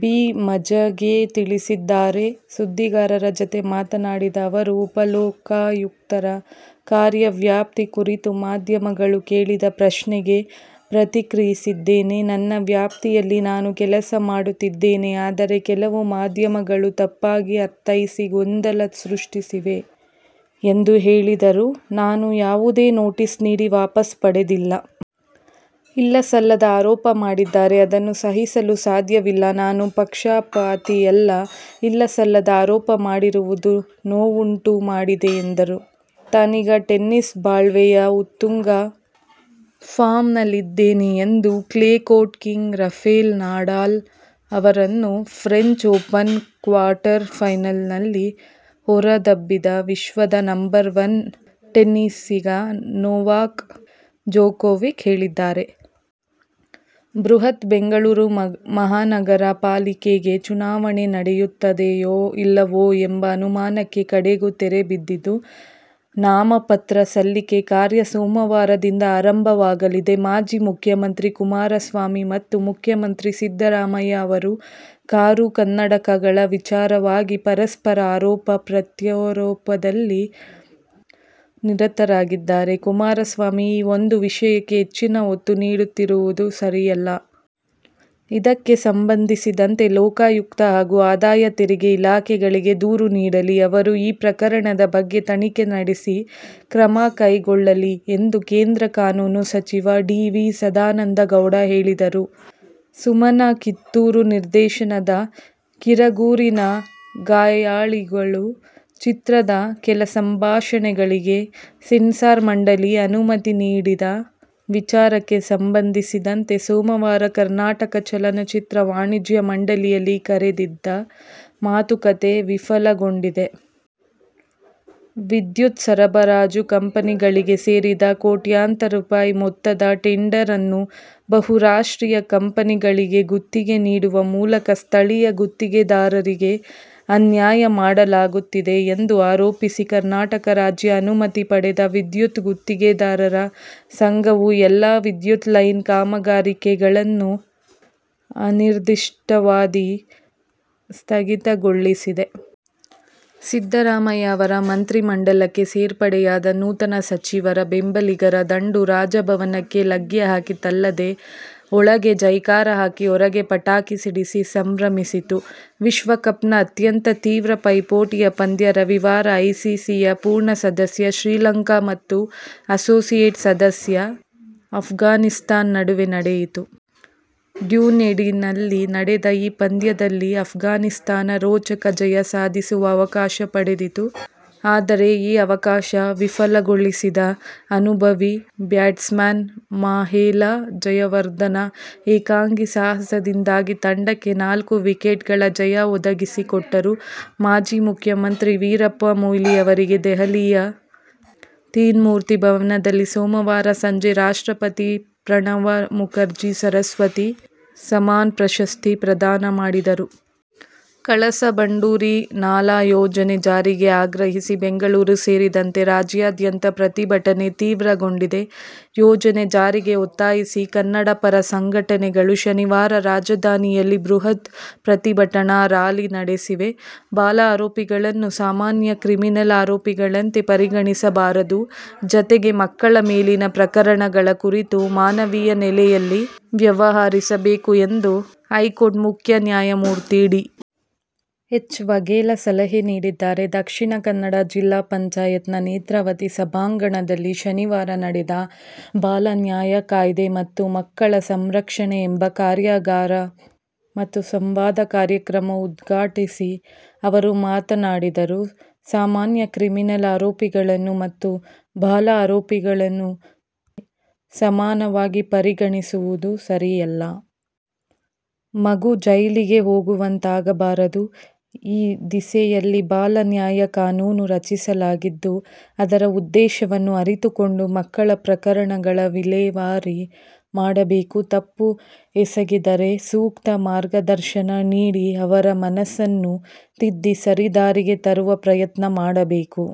B. Majage ತಿಳಿಸಿದ್ದಾರೆ. ಸುದ್ದಿಗಾರರ ಜತೆ ಮಾತನಾಡಿದ ಅವರು, ಉಪಲೋಕಾಯುಕ್ತರ ಕಾರ್ಯವ್ಯಾಪ್ತಿ ಕುರಿತು ಮಾಧ್ಯಮಗಳು ಕೇಳಿದ ಪ್ರಶ್ನೆಗೆ ಪ್ರತಿಕ್ರಿಯಿಸಿದ್ದೇನೆ. ನನ್ನ ವ್ಯಾಪ್ತಿಯಲ್ಲಿ ನಾನು ಕೆಲಸ ಮಾಡುತ್ತಿದ್ದೇನೆ. ಆದರೆ, ಕೆಲವು ಮಾಧ್ಯಮಗಳು ತಪ್ಪಾಗಿ ಅರ್ಥೈಸಿ ಗೊಂದಲ ಸೃಷ್ಟಿಸಿವೆ ಎಂದು ಹೇಳಿದರು. ನಾನು ಯಾವುದೇ ನೊಟೀಸ್ ನೀಡಿ ವಾಪಸ್ ಪಡೆದಿಲ್ಲ. ಇಲ್ಲ-ಸಲ್ಲದ ಆರೋಪ ಮಾಡಿದರೆ ಅದನ್ನು ಸಹಿಸಲು ಸಾಧ್ಯವಿಲ್ಲ. ನಾನು ಪಕ್ಷಪಾತಿಯಲ್ಲ. ಇಲ್ಲ-ಸಲ್ಲದ ಆರೋಪ ಮಾಡಿರುವುದು ನೋವುಂಟು ಮಾಡಿದೆ ಎಂದರು. ತಾನೀಗ ಟೆನಿಸ್ ಬಾಳ್ವೆಯ ಉತ್ತುಂಗ ಫಾರ್ಮ್ನಲ್ಲಿದ್ದೇನೆ ಎಂದು "clay court king' Rafael Nadal ಅವರನ್ನು ಫ್ರೆಂಚ್ ಓಪನ್ ಕ್ವಾರ್ಟರ್ ಫೈನಲ್ನಲ್ಲಿ ಹೊರದಬ್ಬಿದ ವಿಶ್ವದ ನಂಬರ್ ವನ್ ಟೆನಿಸಿಗ ನೊವಾಕ್ ಜೊಕೋವಿಕ್ ಹೇಳಿದ್ದಾರೆ. ಬೃಹತ್ ಬೆಂಗಳೂರು ಮಹಾನಗರ ಪಾಲಿಕೆ ಗೆ ಚುನಾವಣೆ ನಡೆಯುತ್ತದೆಯೋ ಇಲ್ಲವೋ ಎಂಬ ಅನುಮಾನಕ್ಕೆ ಕಡೆಗೂ ತೆರೆ ಬಿದ್ದಿದ್ದು, ನಾಮಪತ್ರ ಸಲ್ಲಿಕೆ ಕಾರ್ಯ ಸೋಮವಾರದಿಂದ ಆರಂಭವಾಗಲಿದೆ. ಮಾಜಿ ಮುಖ್ಯಮಂತ್ರಿ ಕುಮಾರಸ್ವಾಮಿ ಮತ್ತು ಮುಖ್ಯಮಂತ್ರಿ ಸಿದ್ದರಾಮಯ್ಯ ಅವರು ಕಾರು, ಕನ್ನಡಕಗಳ ವಿಚಾರವಾಗಿ ಪರಸ್ಪರ ಆರೋಪ-ಪ್ರತ್ಯಾರೋಪದಲ್ಲಿ ನಿರತರಾಗಿದ್ದಾರೆ. ಕುಮಾರಸ್ವಾಮಿ ಈ ಒಂದು ವಿಷಯಕ್ಕೆ ಹೆಚ್ಚಿನ ಒತ್ತು ನೀಡುತ್ತಿರುವುದು ಸರಿಯಲ್ಲ. ಇದಕ್ಕೆ ಸಂಬಂಧಿಸಿದಂತೆ ಲೋಕಾಯುಕ್ತ ಹಾಗೂ ಆದಾಯ ತೆರಿಗೆ ಇಲಾಖೆಗಳಿಗೆ ದೂರು ನೀಡಲಿ. ಅವರು ಈ ಪ್ರಕರಣದ ಬಗ್ಗೆ ತನಿಖೆ ನಡೆಸಿ ಕ್ರಮ ಕೈಗೊಳ್ಳಲಿ ಎಂದು ಕೇಂದ್ರ ಕಾನೂನು ಸಚಿವ ಡಿ. ವಿ. ಸದಾನಂದ ಗೌಡ ಹೇಳಿದರು. ಸುಮನಾ ಕಿತ್ತೂರು ನಿರ್ದೇಶನದ ಕಿರಗೂರಿನ ಗಯ್ನಾಳಿಗಳು ಚಿತ್ರದ ಕೆಲ ಸಂಭಾಷಣೆಗಳಿಗೆ ಸೆನ್ಸಾರ್ ಮಂಡಳಿ ಅನುಮತಿ ನೀಡದ ವಿಚಾರಕ್ಕೆ ಸಂಬಂಧಿಸಿದಂತೆ ಸೋಮವಾರ ಕರ್ನಾಟಕ ಚಲನಚಿತ್ರ ವಾಣಿಜ್ಯ ಮಂಡಳಿಯಲ್ಲಿ ಕರೆದಿದ್ದ ಮಾತುಕತೆ ವಿಫಲಗೊಂಡಿದೆ. ವಿದ್ಯುತ್ ಸರಬರಾಜು ಕಂಪನಿಗಳಿಗೆ ಸೇರಿದ ಕೋಟ್ಯಂತರ ರೂ. ಮೊತ್ತದ ಟೆಂಡರ್ ಅನ್ನು ಬಹುರಾಷ್ಟ್ರೀಯ ಕಂಪನಿಗಳಿಗೆ ಗುತ್ತಿಗೆ ನೀಡುವ ಮೂಲಕ ಸ್ಥಳೀಯ ಗುತ್ತಿಗೆದಾರರಿಗೆ ಅನ್ಯಾಯ ಮಾಡಲಾಗುತ್ತಿದೆ ಎಂದು ಆರೋಪಿಸಿ ಕರ್ನಾಟಕ ರಾಜ್ಯ ಅನುಮತಿ ಪಡೆದ ವಿದ್ಯುತ್ ಗುತ್ತಿಗೆದಾರರ ಸಂಘವು ಎಲ್ಲ ವಿದ್ಯುತ್ ಲೈನ್ ಕಾಮಗಾರಿಗಳನ್ನು ಅನಿರ್ದಿಷ್ಟಾವಧಿ ಸ್ಥಗಿತಗೊಳಿಸಿದೆ. ಸಿದ್ದರಾಮಯ್ಯ ಅವರ ಮಂತ್ರಿಮಂಡಲಕ್ಕೆ ಸೇರ್ಪಡೆಯಾದ ನೂತನಸಚಿವರ ಬೆಂಬಲಿಗರ ದಂಡು ರಾಜಭವನಕ್ಕೆ ಲಗ್ಗೆ ಹಾಕಿತ್ತಲ್ಲದೆ ಒಳಗೆ ಜೈಕಾರ ಹಾಕಿ ಹೊರಗೆ ಪಟಾಕಿ ಸಿಡಿಸಿ ಸಂಭ್ರಮಿಸಿತು. ವಿಶ್ವ ಕಪ್ನ ಅತ್ಯಂತ ತೀವ್ರ ಪೈಪೋಟಿಯ ಪಂದ್ಯ ರವಿವಾರ ಐಸಿಸಿಯ ಪೂರ್ಣ ಸದಸ್ಯ ಶ್ರೀಲಂಕಾ ಮತ್ತು ಅಸೋಸಿಯೇಟ್ ಸದಸ್ಯ ಅಫ್ಘಾನಿಸ್ಥಾನ ನಡುವೆ ನಡೆಯಿತು. ಡ್ಯುನೆಡಿನ್ನಲ್ಲಿ ನಡೆದ ಈ ಪಂದ್ಯದಲ್ಲಿ ಅಫ್ಘಾನಿಸ್ಥಾನ ರೋಚಕ ಜಯ ಸಾಧಿಸುವ ಅವಕಾಶ ಪಡೆದಿತ್ತು. ಆದರೆ ಈ ಅವಕಾಶ ವಿಫಲಗೊಳಿಸಿದ ಅನುಭವಿ ಬ್ಯಾಟ್ಸ್ಮನ್ ಮಾಹೇಲ ಜಯವರ್ಧನ ಏಕಾಂಗಿ ಸಾಹಸದಿಂದಾಗಿ ತಂಡಕ್ಕೆ ನಾಲ್ಕು ವಿಕೆಟ್ಗಳ ಜಯ ಒದಗಿಸಿಕೊಟ್ಟರು. ಮಾಜಿ ಮುಖ್ಯಮಂತ್ರಿ ವೀರಪ್ಪ ಮೊಯ್ಲಿ ಅವರಿಗೆ ದೆಹಲಿಯ ತೀನ್ ಮೂರ್ತಿ ಭವನದಲ್ಲಿ ಸೋಮವಾರ ಸಂಜೆ ರಾಷ್ಟ್ರಪತಿ ಪ್ರಣವ ಮುಖರ್ಜಿ ಸರಸ್ವತಿ ಸಮ್ಮಾನ್ ಪ್ರಶಸ್ತಿ ಪ್ರದಾನ ಮಾಡಿದರು. ಕಳಸಾ ಬಂಡೂರಿ ನಾಲಾ ಯೋಜನೆ ಜಾರಿಗೆ ಆಗ್ರಹಿಸಿ ಬೆಂಗಳೂರು ಸೇರಿದಂತೆ ರಾಜ್ಯಾದ್ಯಂತ ಪ್ರತಿಭಟನೆ ತೀವ್ರಗೊಂಡಿದೆ. ಯೋಜನೆ ಜಾರಿಗೆ ಒತ್ತಾಯಿಸಿ ಕನ್ನಡಪರ ಸಂಘಟನೆಗಳು ಶನಿವಾರ ರಾಜಧಾನಿಯಲ್ಲಿ ಬೃಹತ್ ಪ್ರತಿಭಟನಾ ರಾಲಿ ನಡೆಸಿವೆ. ಬಾಲ ಆರೋಪಿಗಳನ್ನು ಸಾಮಾನ್ಯ ಕ್ರಿಮಿನಲ್ ಆರೋಪಿಗಳಂತೆ ಪರಿಗಣಿಸಬಾರದು. ಜತೆಗೆ, ಮಕ್ಕಳ ಮೇಲಿನ ಪ್ರಕರಣಗಳ ಕುರಿತು ಮಾನವೀಯ ನೆಲೆಯಲ್ಲಿ ವ್ಯವಹರಿಸಬೇಕು ಎಂದು ಹೈಕೋರ್ಟ್ ಮುಖ್ಯ ನ್ಯಾಯಮೂರ್ತಿ ಡಿ. ಎಚ್. ವಘೇಲಾ ಸಲಹೆ ನೀಡಿದ್ದಾರೆ. ದಕ್ಷಿಣ ಕನ್ನಡ ಜಿಲ್ಲಾ ಪಂಚಾಯತ್ನ ನೇತ್ರಾವತಿ ಸಭಾಂಗಣದಲ್ಲಿ ಶನಿವಾರ ನಡೆದ "ಬಾಲ ನ್ಯಾಯ ಕಾಯ್ದೆ' ಮತ್ತು ಮಕ್ಕಳ ಸಂರಕ್ಷಣೆ ಎಂಬ ಕಾರ್ಯಾಗಾರ ಮತ್ತು ಸಂವಾದ ಕಾರ್ಯಕ್ರಮ ಉದ್ಘಾಟಿಸಿ ಅವರು ಮಾತನಾಡಿದರು. ಸಾಮಾನ್ಯ ಕ್ರಿಮಿನಲ್ ಆರೋಪಿಗಳನ್ನು ಮತ್ತು ಬಾಲ ಆರೋಪಿಗಳನ್ನು ಸಮಾನವಾಗಿ ಪರಿಗಣಿಸುವುದು ಸರಿಯಲ್ಲ. ಮಗು ಜೈಲಿಗೆ ಹೋಗುವಂತಾಗಬಾರದು. ಈ ದಿಸೆಯಲ್ಲಿ ಬಾಲ ನ್ಯಾಯ ಕಾನೂನು ರಚಿಸಲಾಗಿದ್ದು, ಅದರ ಉದ್ದೇಶವನ್ನು ಅರಿತುಕೊಂಡು ಮಕ್ಕಳ ಪ್ರಕರಣಗಳ ವಿಲೇವಾರಿ ಮಾಡಬೇಕು. ತಪ್ಪು ಎಸಗಿದ್ದರೆ ಸೂಕ್ತ ಮಾರ್ಗದರ್ಶನ ನೀಡಿ ಅವರ ಮನಸ್ಸನ್ನು ತಿದ್ದಿ ಸರಿ ದಾರಿಗೆ ತರುವ ಪ್ರಯತ್ನ ಮಾಡಬೇಕು.